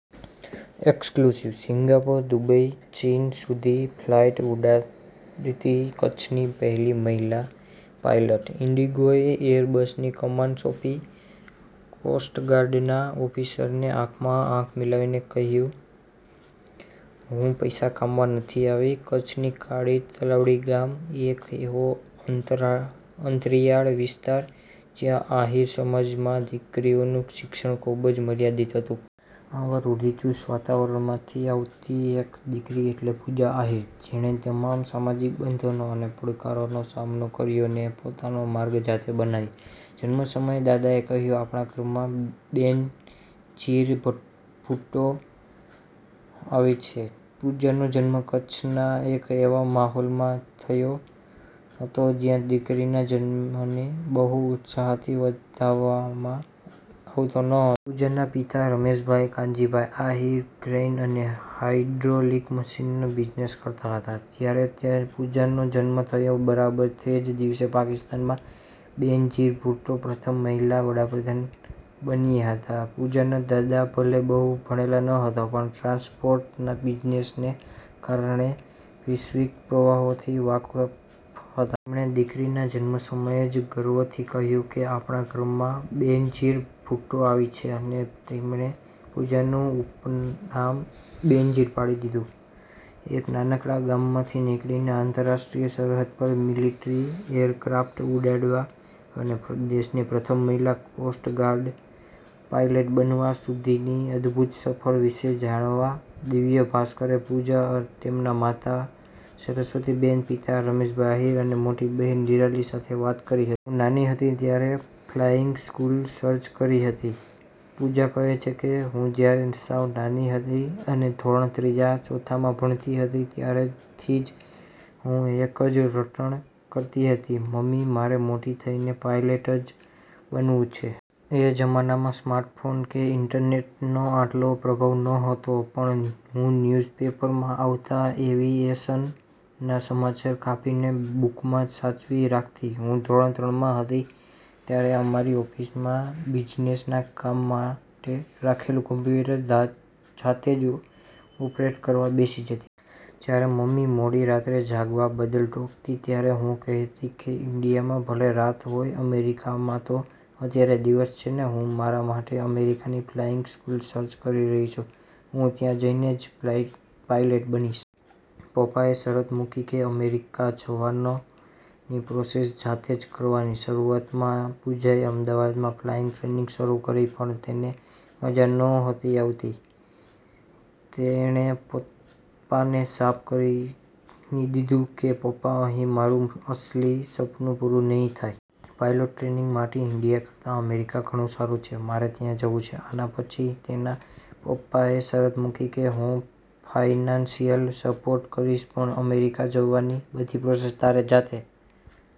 Exclusive: Singapore, Dubai, ચીન સુધી flight ઉડાડતી કચ્છની પહેલી મહિલા પાયલટ. ઇન્ડિગોએ એર બસની કમાન સોંપી, કોસ્ટ ગાર્ડના ઓફિસરને આંખમાં આંખ મિલાવી કહ્યું- "હું પૈસા કમાવા નથી આવી. કચ્છનું કાળી તલાવડી ગામ. એક એવો અંતરિયાળ વિસ્તાર જ્યાં આહીર સમાજમાં દીકરીઓનું શિક્ષણ ખૂબ જ મર્યાદિત હતું. આવા રૂઢિચુસ્ત વાતાવરણમાંથી આવતી એક દીકરી એટલે પૂજા આહીર. જેણે તમામ સામાજિક બંધનો અને પડકારોનો સામનો કર્યો ને પોતાનો માર્ગ જાતે બનાવ્યુ. જન્મ સમયે દાદાએ કહ્યું,"આપણા ઘરમાં બેનઝીર ભુટ્ટો આવી છે." પૂજાનો જન્મ કચ્છના એક એવા માહોલમાં થયો હતો જ્યાં દીકરીના જન્મને બહુ ઉત્સાહથી વધાવવામાં આવતો નહોતો. પૂજાના પિતા રમેશભાઇ કાનજીભાઇ આહીર ક્રેઇન અને હાઇડ્રોલિક મશીનનો બિઝનેસ કરતા હતા. જ્યારે પૂજાનો જન્મ થયો, બરાબર તે જ દિવસે પાકિસ્તાનમાં બેનઝીર ભુટ્ટો પ્રથમ મહિલા વડાપ્રધાન બન્યા હતા. પૂજાના દાદા ભલે બહુ ભણેલા નહોતા, પણ ટ્રાન્સપોર્ટના બિઝનેસને કારણે વૈશ્વિક પ્રવાહોથી વાકેફ હતા. તેમણે દીકરીના જન્મ સમયે જ ગર્વથી કહ્યું કે,"આપણા ઘરમાં બેનઝીર ભુટ્ટો આવી છે," અને તેમણે પૂજાનું ઉપનામ જ બેનઝીર પાડી દીધું. એક નાનકડા ગામડામાંથી નીકળીને આંતરરાષ્ટ્રીય સરહદ પર મિલિટરી એરક્રાફ્ટ ઉડાડવા અને દેશની પ્રથમ મહિલા કોસ્ટ ગાર્ડ પાયલોટ બનવા સુધીની અદભૂત સફર વિશે જાણવા દિવ્ય ભાસ્કરે પૂજા, તેમના માતા સરસ્વતીબેન, પિતા રમેશભાઈ આહીર, અને મોટી બહેન નિરાલી સાથે વાત કરી હતી. "હું નાની હતી ત્યારે ફ્લાઇંગ સ્કૂલ સર્ચ કરતી હતી". પૂજા કહે છે કે, "હું જ્યારે સાવ નાની હતી, અને ધોરણ ત્રીજા-ચૌથામાં ભણતી હતી ત્યારથી જ હું એક જ રટણ કરતી હતી કે "મમ્મી, મારે મોટી થઇને પાયલેટ જ બનવું છે." એ જમાનામાં સ્માર્ટફોન કે ઇન્ટરનેટનો આટલો પ્રભાવ નહોતો પણ હું ન્યૂઝપેપરમાં આવતા એવિએશનના સમાચાર કાપીને બૂકમાં સાચવી રાખતી. હું ધોરણ ત્રણ માં હતી, ત્યારે અમારી ઓફિસમાં બિઝનેસના કામ માટે રાખેલું કોમ્પ્યુટર જાતે જ ઓપરેટ કરવા બેસી જતી. જ્યારે મમ્મી મોડી રાત્રે જાગવા બદલ ટોકતી, ત્યારે હું કહેતી કે ઇન્ડિયામાં ભલે રાત હોય, અમેરિકામાં તો અત્યારે દિવસ છે ને. હું મારા માટે અમેરિકાની ફ્લાઇંગ સ્કૂલ સર્ચ કરી રહી છું. હું ત્યાં જઇને જ પાયલેટ બનીશ. પપ્પાએ શરત મુકી કે અમેરિકા જવાનો પ્રોસેસ જાતે જ કરવાની. શરૂઆતમાં પૂજાએ અમદાવાદમાં ફ્લાઇંગ ટ્રેનિંગ શરૂ કરી પણ તેને મજા નહોતી આવતી. તેણે પપ્પાને સાફ કહી દીધું કે, "પપ્પા, અહીં મારું અસલી સપનું પૂરું નહીં થાય. પાયલોટ ટ્રેનિંગ માટે ઇન્ડિયા કરતાં અમેરિકા ઘણું સારું છે, મારે ત્યાં જવું છે." આના પછી તેના પપ્પાએ શરત મૂકી કે, "હું ફાઇનાન્સિયલ સપોર્ટ કરીશ પણ અમેરિકા જવાની બધી પ્રોસેસ તારે જાતે